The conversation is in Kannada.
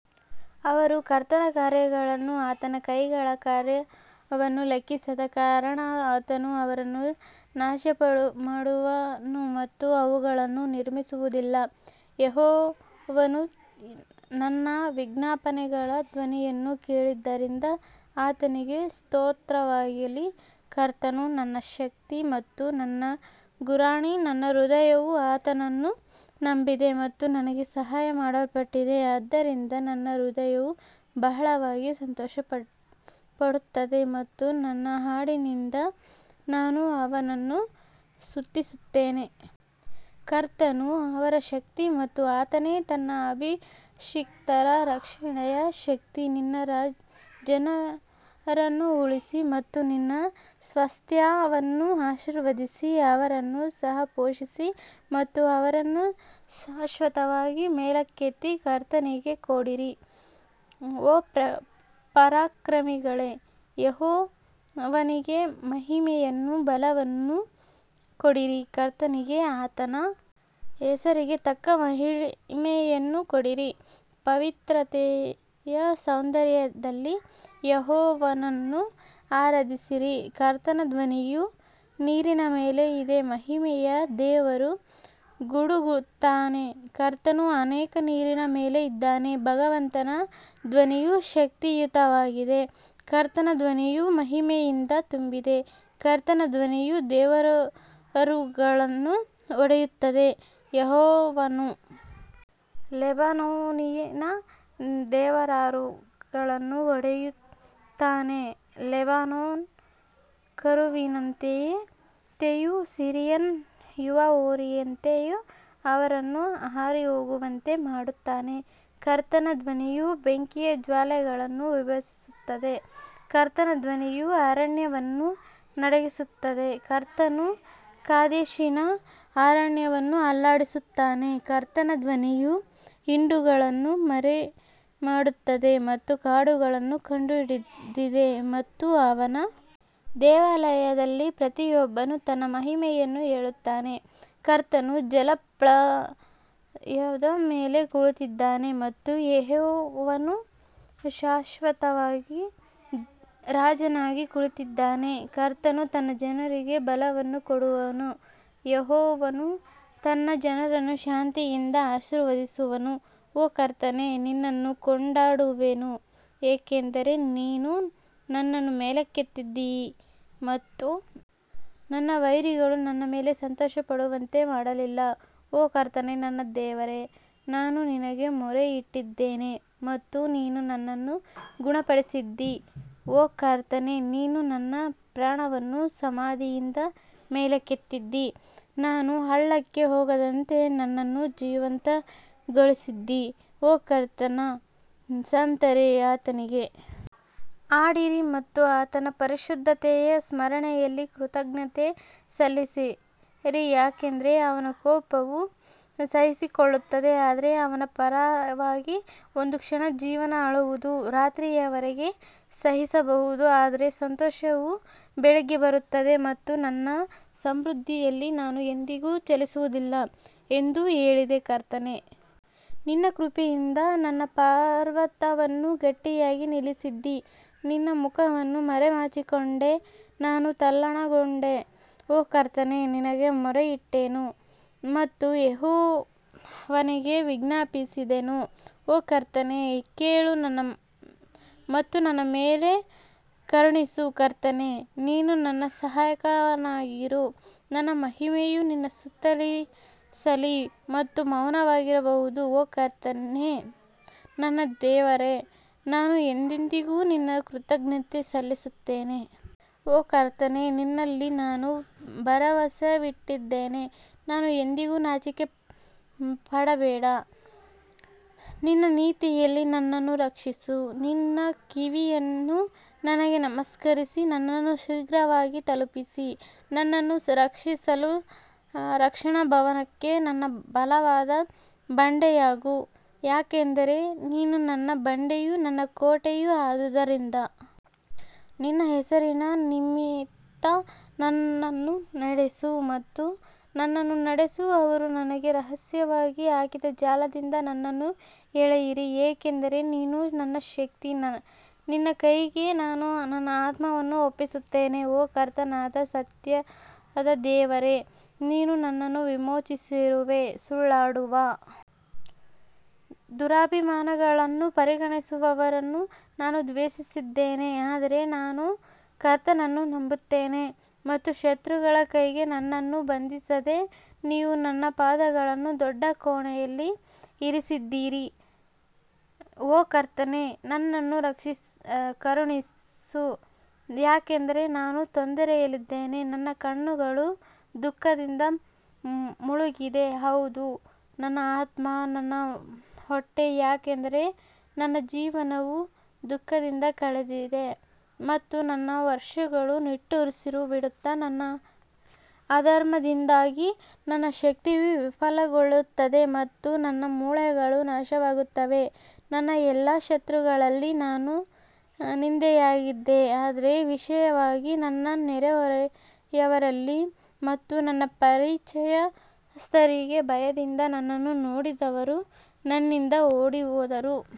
ಅವರು ಕರ್ತನ ಕಾರ್ಯಗಳನ್ನೂ ಆತನ ಕೈಗಳ ಕಾರ್ಯವನ್ನೂ ಲೆಕ್ಕಿಸದ ಕಾರಣ ಆತನು ಅವರನ್ನು ನಾಶಮಾಡುವನು ಮತ್ತು ಅವುಗಳನ್ನು ನಿರ್ಮಿಸುವುದಿಲ್ಲ ಯೆಹೋವನು ನನ್ನ ವಿಜ್ಞಾಪನೆಗಳ ಧ್ವನಿಯನ್ನು ಕೇಳಿದ್ದರಿಂದ ಆತನಿಗೆ ಸ್ತೋತ್ರವಾಗಲಿ ಕರ್ತನು ನನ್ನ ಶಕ್ತಿ ಮತ್ತು ನನ್ನ ಗುರಾಣಿ ನನ್ನ ಹೃದಯವು ಆತನನ್ನು ನಂಬಿದೆ ಮತ್ತು ನನಗೆ ಸಹಾಯ ಮಾಡಲ್ಪಟ್ಟಿದೆ ಆದ್ದರಿಂದ ನನ್ನ ಹೃದಯವು ಬಹಳವಾಗಿ ಸಂತೋಷಪಡುತ್ತದೆ ಮತ್ತು ನನ್ನ ಹಾಡಿನಿಂದ ನಾನು ಅವನನ್ನು ಸ್ತುತಿಸುತ್ತೇನೆ. ಕರ್ತನು ಅವರ ಶಕ್ತಿ ಮತ್ತು ಆತನೇ ತನ್ನ ಅಭಿಷಿಕ್ತರ ರಕ್ಷಣೆಯ ಶಕ್ತಿ ನಿನ್ನ ಜನರನ್ನು ಉಳಿಸಿ ಮತ್ತು ನಿನ್ನ ಸ್ವಾಸ್ತ್ಯವನ್ನು ಆಶೀರ್ವದಿಸಿ ಅವರನ್ನು ಸಹ ಪೋಷಿಸಿ ಮತ್ತು ಅವರನ್ನು ಶಾಶ್ವತವಾಗಿ ಮೇಲಕ್ಕೆತ್ತಿ ಕರ್ತನಿಗೆ ಕೊಡಿರಿ ಓ ಪರಾಕ್ರಮಿಗಳೇ ಯೆಹೋವನಿಗೆ ಮಹಿಮೆಯನ್ನೂ ಬಲವನ್ನೂ ಕೊಡಿರಿ ಕರ್ತನಿಗೆ ಆತನ ಹೆಸರಿಗೆ ತಕ್ಕ ಮಹಿಮೆಯನ್ನು ಕೊಡಿರಿ, ಪವಿತ್ರತೆಯ ಸೌಂದರ್ಯದಲ್ಲಿ ಯೆಹೋವನನ್ನು ಆರಾಧಿಸಿರಿ ಕರ್ತನ ಧ್ವನಿಯು ನೀರಿನ ಮೇಲೆ ಇದೆ ಮಹಿಮೆಯ ದೇವರು ಗುಡುಗುತ್ತಾನೆ ಕರ್ತನು ಅನೇಕ ನೀರಿನ ಮೇಲೆ ಇದ್ದಾನೆ ಭಗವಂತನ ಧ್ವನಿಯು ಶಕ್ತಿಯುತವಾಗಿದೆ ಕರ್ತನ ಧ್ವನಿಯು ಮಹಿಮೆಯಿಂದ ತುಂಬಿದೆ ಕರ್ತನ ಧ್ವನಿಯು ದೇವದಾರುಗಳನ್ನು ಒಡೆಯುತ್ತದೆ, ಯೆಹೋವನು ಲೆಬನೋನಿನ ದೇವದಾರುಗಳನ್ನು ಒಡೆಯುತ್ತಾನೆ ಲೆಬನೋನ್ ಕರುವಿನಂತೆಯೂ ಸಿರಿಯನ್ ಯುವ ಹೋರಿಯಂತೆಯೂ ಅವರನ್ನು ಹಾರಿಹೋಗುವಂತೆ ಮಾಡುತ್ತಾನೆ ಕರ್ತನ ಧ್ವನಿಯು ಬೆಂಕಿಯ ಜ್ವಾಲೆಗಳನ್ನು ವಿಭಜಿಸುತ್ತದೆ ಕರ್ತನ ಧ್ವನಿಯು ಅರಣ್ಯವನ್ನು ನಡುಗಿಸುತ್ತದೆ ಕರ್ತನು ಕಾದೇಶಿನ ಅರಣ್ಯವನ್ನು ಅಲ್ಲಾಡಿಸುತ್ತಾನೆ ಕರ್ತನ ಧ್ವನಿಯು ಹಿಂಡುಗಳನ್ನು ಮರಿಮಾಡುತ್ತದೆ ಮತ್ತು ಕಾಡುಗಳನ್ನು ಕಂಡುಹಿಡಿದಿದೆ ಮತ್ತು ಅವನ ದೇವಾಲಯದಲ್ಲಿ ಪ್ರತಿಯೊಬ್ಬನು ತನ್ನ ಮಹಿಮೆಯನ್ನು ಹೇಳುತ್ತಾನೆ ಕರ್ತನು ಜಲಪ್ರಳಯದ ಮೇಲೆ ಕುಳಿತಿದ್ದಾನೆ ಮತ್ತು ಯೆಹೋವನು ಶಾಶ್ವತವಾಗಿ ರಾಜನಾಗಿ ಕುಳಿತಿದ್ದಾನೆ ಕರ್ತನು ತನ್ನ ಜನರಿಗೆ ಬಲವನ್ನು ಕೊಡುವನು, ಯೆಹೋವನು ತನ್ನ ಜನರನ್ನು ಶಾಂತಿಯಿಂದ ಆಶೀರ್ವದಿಸುವನು ಓ ಕರ್ತನೇ ನಿನ್ನನ್ನು ಕೊಂಡಾಡುವೆನು ಏಕೆಂದರೆ ನೀನು ನನ್ನನ್ನು ಮೇಲಕ್ಕೆತ್ತಿದ್ದೀ ಮತ್ತು ನನ್ನ ವೈರಿಗಳು ನನ್ನ ಮೇಲೆ ಸಂತೋಷಪಡುವಂತೆ ಮಾಡಲಿಲ್ಲ ಓ ಕರ್ತನೇ ನನ್ನ ದೇವರೇ, ನಾನು ನಿನಗೆ ಮೊರೆಯಿಟ್ಟಿದ್ದೇನೆ ಮತ್ತು ನೀನು ನನ್ನನ್ನು ಗುಣಪಡಿಸಿದ್ದೀ ಓ ಕರ್ತನೇ, ನೀನು ನನ್ನ ಪ್ರಾಣವನ್ನು ಸಮಾಧಿಯಿಂದ ಮೇಲಕ್ಕೆತ್ತಿದ್ದೀ, ನಾನು ಹಳ್ಳಕ್ಕೆ ಹೋಗದಂತೆ ನನ್ನನ್ನು ಜೀವಂತಗೊಳಿಸಿದ್ದೀ ಓ ಕರ್ತನ ಸಂತರೇ ಆತನಿಗೆ ಹಾಡಿರಿ ಮತ್ತು ಆತನ ಪರಿಶುದ್ಧತೆಯ ಸ್ಮರಣೆಯಲ್ಲಿ ಕೃತಜ್ಞತೆ ಸಲ್ಲಿಸಿರಿ ಯಾಕಂದರೆ ಅವನ ಕೋಪವು ಸಹಿಸಿಕೊಳ್ಳುತ್ತದೆ ಆದರೆ ಅವನ ಪರವಾಗಿ ಒಂದು ಕ್ಷಣ ಜೀವನ ಅಳುವುದು ರಾತ್ರಿಯವರೆಗೆ ಸಹಿಸಬಹುದು ಆದರೆ ಸಂತೋಷವು ಬೆಳಿಗ್ಗೆ ಬರುತ್ತದೆ ಮತ್ತು ನನ್ನ ಸಮೃದ್ಧಿಯಲ್ಲಿ ನಾನು ಎಂದಿಗೂ ಚಲಿಸುವುದಿಲ್ಲ ಎಂದು ಹೇಳಿದೆ ಕರ್ತನೇ ನಿನ್ನ ಕೃಪೆಯಿಂದ ನನ್ನ ಪರ್ವತವನ್ನು ಗಟ್ಟಿಯಾಗಿ ನಿಲ್ಲಿಸಿದ್ದೀ ನಿನ್ನ ಮುಖವನ್ನು ಮರೆಮಾಚಿಕೊಂಡೆ ನಾನು ತಲ್ಲಣಗೊಂಡೆ ಓ ಕರ್ತನೇ ನಿನಗೆ ಮೊರೆಯಿಟ್ಟೆನು ಮತ್ತು ಯೆಹೋವನಿಗೆ ವಿಜ್ಞಾಪಿಸಿದೆನು ಓ ಕರ್ತನೇ ಕೇಳು ಮತ್ತು ನನ್ನ ಮೇಲೆ ಕರುಣಿಸು ಕರ್ತನೇ ನೀನು ನನ್ನ ಸಹಾಯಕನಾಗಿರು ನನ್ನ ಮಹಿಮೆಯು ನಿನ್ನನ್ನು ಸ್ತುತಿಸಲಿ ಮತ್ತು ಮೌನವಾಗಿರಬಾರದು, ಓ ಕರ್ತನೇ ನನ್ನ ದೇವರೇ, ನಾನು ಎಂದೆಂದಿಗೂ ನಿನಗೆ ಕೃತಜ್ಞತೆ ಸಲ್ಲಿಸುತ್ತೇನೆ. ಓ ಕರ್ತನೇ ನಿನ್ನಲ್ಲಿ ನಾನು ಭರವಸವಿಟ್ಟಿದ್ದೇನೆ ನಾನು ಎಂದಿಗೂ ನಾಚಿಕೆಪಡಬೇಡ ನಿನ್ನ ನೀತಿಯಲ್ಲಿ ನನ್ನನ್ನು ರಕ್ಷಿಸು ನಿನ್ನ ಕಿವಿಯನ್ನು ನನಗೆ ನಮಸ್ಕರಿಸಿ ನನ್ನನ್ನು ಶೀಘ್ರವಾಗಿ ತಲುಪಿಸಿ ನನ್ನನ್ನು ರಕ್ಷಿಸಲು ರಕ್ಷಣಾ ಭವನಕ್ಕೆ ನನ್ನ ಬಲವಾದ ಬಂಡೆಯಾಗು ಯಾಕಂದರೆ ನೀನು ನನ್ನ ಬಂಡೆಯೂ ನನ್ನ ಕೋಟೆಯೂ ಆದುದರಿಂದ ನಿನ್ನ ಹೆಸರಿನ ನಿಮಿತ್ತ ನನ್ನನ್ನು ನಡೆಸು ಮತ್ತು ನನ್ನನ್ನು ನಡೆಸು ಅವರು ನನಗೆ ರಹಸ್ಯವಾಗಿ ಹಾಕಿದ ಜಾಲದಿಂದ ನನ್ನನ್ನು ಎಳೆಯಿರಿ ಏಕೆಂದರೆ ನೀನು ನನ್ನ ಶಕ್ತಿ ನಿನ್ನ ಕೈಗೆ ನಾನು ನನ್ನ ಆತ್ಮವನ್ನು ಒಪ್ಪಿಸುತ್ತೇನೆ, ಓ ಕರ್ತನಾದ ಸತ್ಯದ ದೇವರೇ, ನೀನು ನನ್ನನ್ನು ವಿಮೋಚಿಸಿರುವೆ ಸುಳ್ಳಾಡುವ ದುರಭಿಮಾನಗಳನ್ನು ಪರಿಗಣಿಸುವವರನ್ನು ನಾನು ದ್ವೇಷಿಸಿದ್ದೇನೆ ಆದರೆ ನಾನು ಕರ್ತನನ್ನು ನಂಬುತ್ತೇನೆ ಮತ್ತು ಶತ್ರುಗಳ ಕೈಗೆ ನನ್ನನ್ನು ಬಂಧಿಸದೆ ನೀವು ನನ್ನ ಪಾದಗಳನ್ನು ದೊಡ್ಡ ಕೋಣೆಯಲ್ಲಿ ಇರಿಸಿದ್ದೀರಿ ಓ ಕರ್ತನೇ ನನ್ನನ್ನು ಕರುಣಿಸು ಯಾಕಂದರೆ ನಾನು ತೊಂದರೆಯಲ್ಲಿದ್ದೇನೆ ನನ್ನ ಕಣ್ಣು ದುಃಖದಿಂದ ಮುಳುಗಿದೆ ಹೌದು ನನ್ನ ಆತ್ಮ ಮತ್ತು ನನ್ನ ಹೊಟ್ಟೆ ಯಾಕಂದರೆ ನನ್ನ ಜೀವನವು ದುಃಖದಿಂದ ಕಳೆದಿದೆ ಮತ್ತು ನನ್ನ ವರ್ಷಗಳು ನಿಟ್ಟುಸಿರು ಬಿಡುತ್ತಾ ನನ್ನ ಅಧರ್ಮದಿಂದಾಗಿ ನನ್ನ ಶಕ್ತಿಯು ವಿಫಲಗೊಳ್ಳುತ್ತದೆ ಮತ್ತು ನನ್ನ ಮೂಳೆಗಳು ನಾಶವಾಗುತ್ತವೆ ನನ್ನ ಎಲ್ಲಾ ಶತ್ರುಗಳಲ್ಲಿ ನಾನು ನಿಂದೆಯಾಗಿದ್ದೆ ಆದರೆ ವಿಶೇಷವಾಗಿ ನನ್ನ ನೆರೆಹೊರೆಯವರಲ್ಲಿ ಮತ್ತು ನನ್ನ ಪರಿಚಯಸ್ಥರಿಗೆ ಭಯದಿಂದ ನನ್ನನ್ನು ನೋಡಿದವರು ನನ್ನಿಂದ ಓಡಿಹೋದರು.